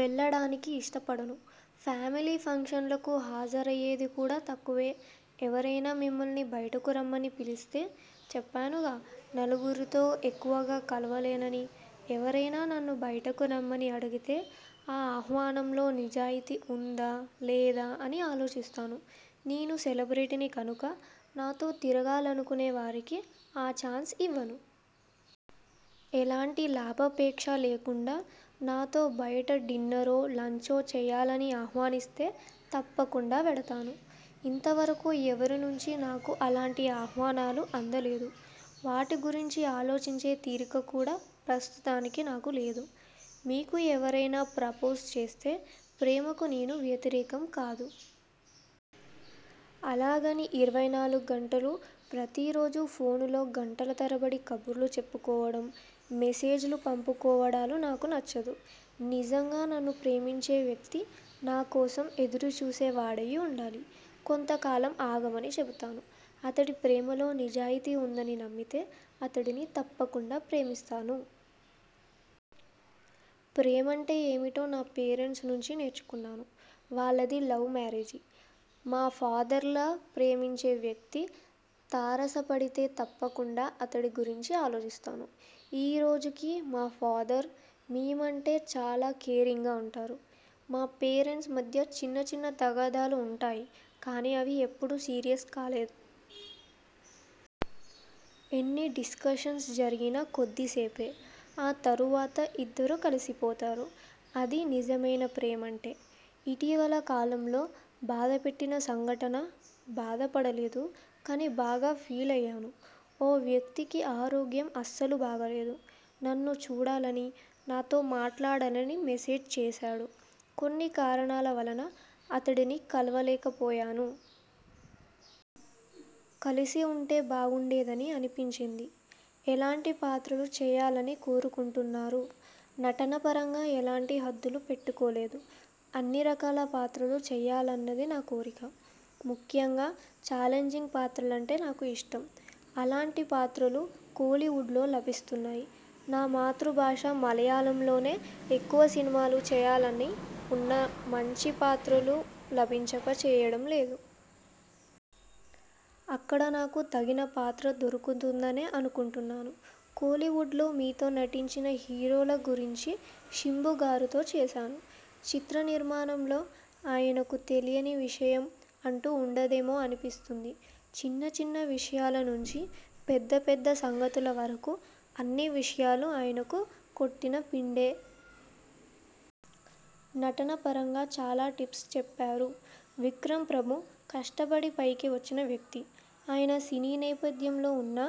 వెళ్ళడానికి ఇష్టపడను. ఫ్యామిలీ ఫంక్షన్లకు హాజరయ్యేది కూడా తక్కువే! ఎవరైనా మిమ్మల్ని బయటకు రమ్మని పిలిస్తే? చెప్పానుగానలుగురితో ఎక్కువగా కలవలేననీ, ఎవరైనా నన్ను బయటకు రమ్మని అడిగితే ఆ ఆహ్వానంలో నిజాయితీ ఉందా? లేదా? అని ఆలోచిస్తాను. నేను సెలబ్రిటీని కనుక నాతో తిరగాలనుకునేవారికి ఆ ఛాన్స్ ఇవ్వను. ఎలాంటి లాభాపేక్ష లేకుండా నాతో బయట డిన్నరో, లంచో చేయాలని ఆహ్వానిస్తే తప్పకుండా వెడతాను. ఇంతవరకూ ఎవరినుంచీ నాకు అలాంటి ఆహ్వానాలు అందలేదు. వాటి గురించి ఆలోచించే తీరిక కూడా ప్రస్తుతానికి నాకు లేదు. మీకు ఎవరైనా ప్రపోజ్ చేస్తే? ప్రేమకు నేను వ్యతిరేకం కాదు. అలాగని ఇరవై నాలుగు గంటలూ, ప్రతిరోజూ ఫోనులో గంటల తరబడి కబుర్లు చెప్పుకోవడం, మెసేజ్లు పంపుకోవడాలు నాకు నచ్చదు. నిజంగా నన్ను ప్రేమించే వ్యక్తి నాకోసం ఎదురు చూసే వాడయి ఉండాలి. కొంత కాలం ఆగమని చెబుతాను. అతడి ప్రేమలో నిజాయితీ ఉందని నమ్మితే అతడిని తప్పకుండా ప్రేమిస్తాను. ప్రేమంటే ఏమిటో నా పేరెంట్స్ నుంచి నేర్చుకున్నాను. వాళ్ళది లవ్ మ్యారేజీ. మా ఫాదర్లా ప్రేమించే వ్యక్తి తారసపడితే తప్పకుండా అతడి గురించి ఆలోచిస్తాను. ఈ రోజుకీ మా ఫాదర్ మేమంటే చాలా కేరింగ్గా ఉంటారు. మా పేరెంట్స్ మధ్య చిన్న చిన్న తగాదాలు ఉంటాయి కానీ అవి ఎప్పుడూ సీరియస్ కాలేదు. ఎన్ని డిస్కషన్స్ జరిగినా కొద్దిసేపే. ఆ తరువాత ఇద్దరూ కలిసిపోతారు. అదీ నిజమైన ప్రేమంటే! ఇటీవలి కాలంలో బాధపెట్టిన సంఘటన? బాధపడలేదు. కానీ బాగా ఫీలయ్యాను. ఓ వ్యక్తికి ఆరోగ్యం అస్సలు బాగాలేదు. నన్ను చూడాలనీ, నాతో మాట్లాడాలనీ మెసేజ్ చేశాడు. కొన్ని కారణాల వలన అతడిని కలవలేకపోయాను. కలిసి ఉంటే బాగుండేదని అనిపించింది. ఎలాంటి పాత్రలు చేయాలని కోరుకుంటున్నారు? నటన పరంగా ఎలాంటి హద్దులు పెట్టుకోలేదు. అన్ని రకాల పాత్రలు చేయాలన్నది నా కోరిక. ముఖ్యంగా ఛాలెంజింగ్ పాత్రలంటే నాకు ఇష్టం. అలాంటి పాత్రలు కోలీవుడ్లో లభిస్తున్నాయి. నా మాతృభాష మలయాళంలోనే ఎక్కువ సినిమాలు చేయాలని ఉన్నా మంచి పాత్రలు లభించక చేయడం లేదు. అక్కడ నాకు తగిన పాత్ర దొరుకుతుందనే అనుకుంటున్నాను. కోలీవుడ్లో మీతో నటించిన హీరోల గురించిశింబుగారితో చేశాను. చిత్ర నిర్మాణంలో ఆయనకు తెలియని విషయం అంటూ ఉండదేమో అనిపిస్తుంది. చిన్న చిన్న విషయాల నుంచి పెద్ద పెద్ద సంగతుల వరకూ అన్ని విషయాలు ఆయనకు కొట్టిన పిండే! నటన పరంగా చాలా టిప్స్ చెప్పారు. విక్రమ్ ప్రభు కష్టపడి పైకి వచ్చిన వ్యక్తి. ఆయన సినీ నేపథ్యం ఉన్న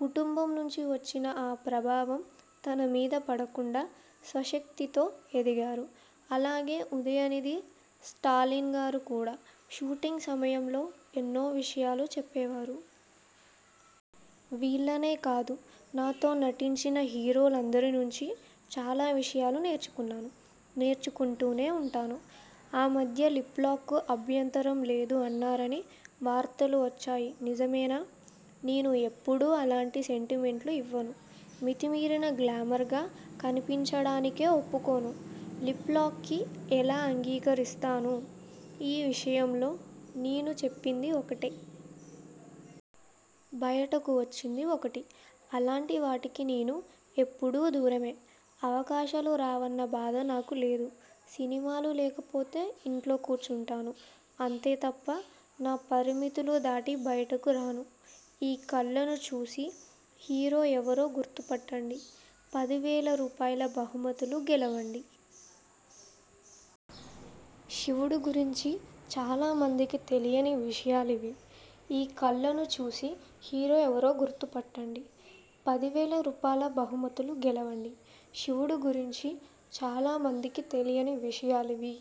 కుటుంబం నుంచి వచ్చినా ఆ ప్రభావం తన మీద పడకుండా స్వశక్తితో ఎదిగారు. అలాగే ఉదయనిధి స్టాలిన్ గారు కూడా! షూటింగ్ సమయంలో ఎన్నో విషయాలు చెప్పేవారు. వీళ్ళనే కాదునాతో నటించిన హీరోలందరి నుంచి చాలా విషయాలు నేర్చుకున్నాను. నేర్చుకుంటూనే ఉంటాను. ఆ మధ్య లిప్లాక్లకు అభ్యంతరం లేదు అన్నారని వార్తలు వచ్చాయి నిజమేనా? నేను ఎప్పుడూ అలాంటి స్టేట్మెంట్లు ఇవ్వను. మితిమీరిన గ్లామర్గా కనిపించడానికే ఒప్పుకోను. లిప్లాక్లకి ఎలా అంగీకరిస్తాను? ఈ విషయంలో నేను చెప్పింది ఒకటే. బయటకు వచ్చింది ఒకటి. అలాంటి వాటికి నేను ఎప్పుడూ దూరమే! అవకాశాలు రావన్న బాధ నాకు లేదు. సినిమాలు లేకపోతే ఇంట్లో కూర్చుంటాను. అంతే తప్ప నా పరిమితులు దాటి బయటకు రాను. ఈ కళ్లను చూసి హీరో ఎవరో గుర్తుపట్టండి. పదివేల రూపాయల బహుమతులు గెలవండి.. శివుడి గురించి చాలామందికి తెలియని విషయాలివి.. ఈ కళ్లను చూసి హీరో ఎవరో గుర్తుపట్టండి.. పదివేల రూపాయల బహుమతులు గెలవండి.. శివుడి గురించి చాలామందికి తెలియని విషయాలివి..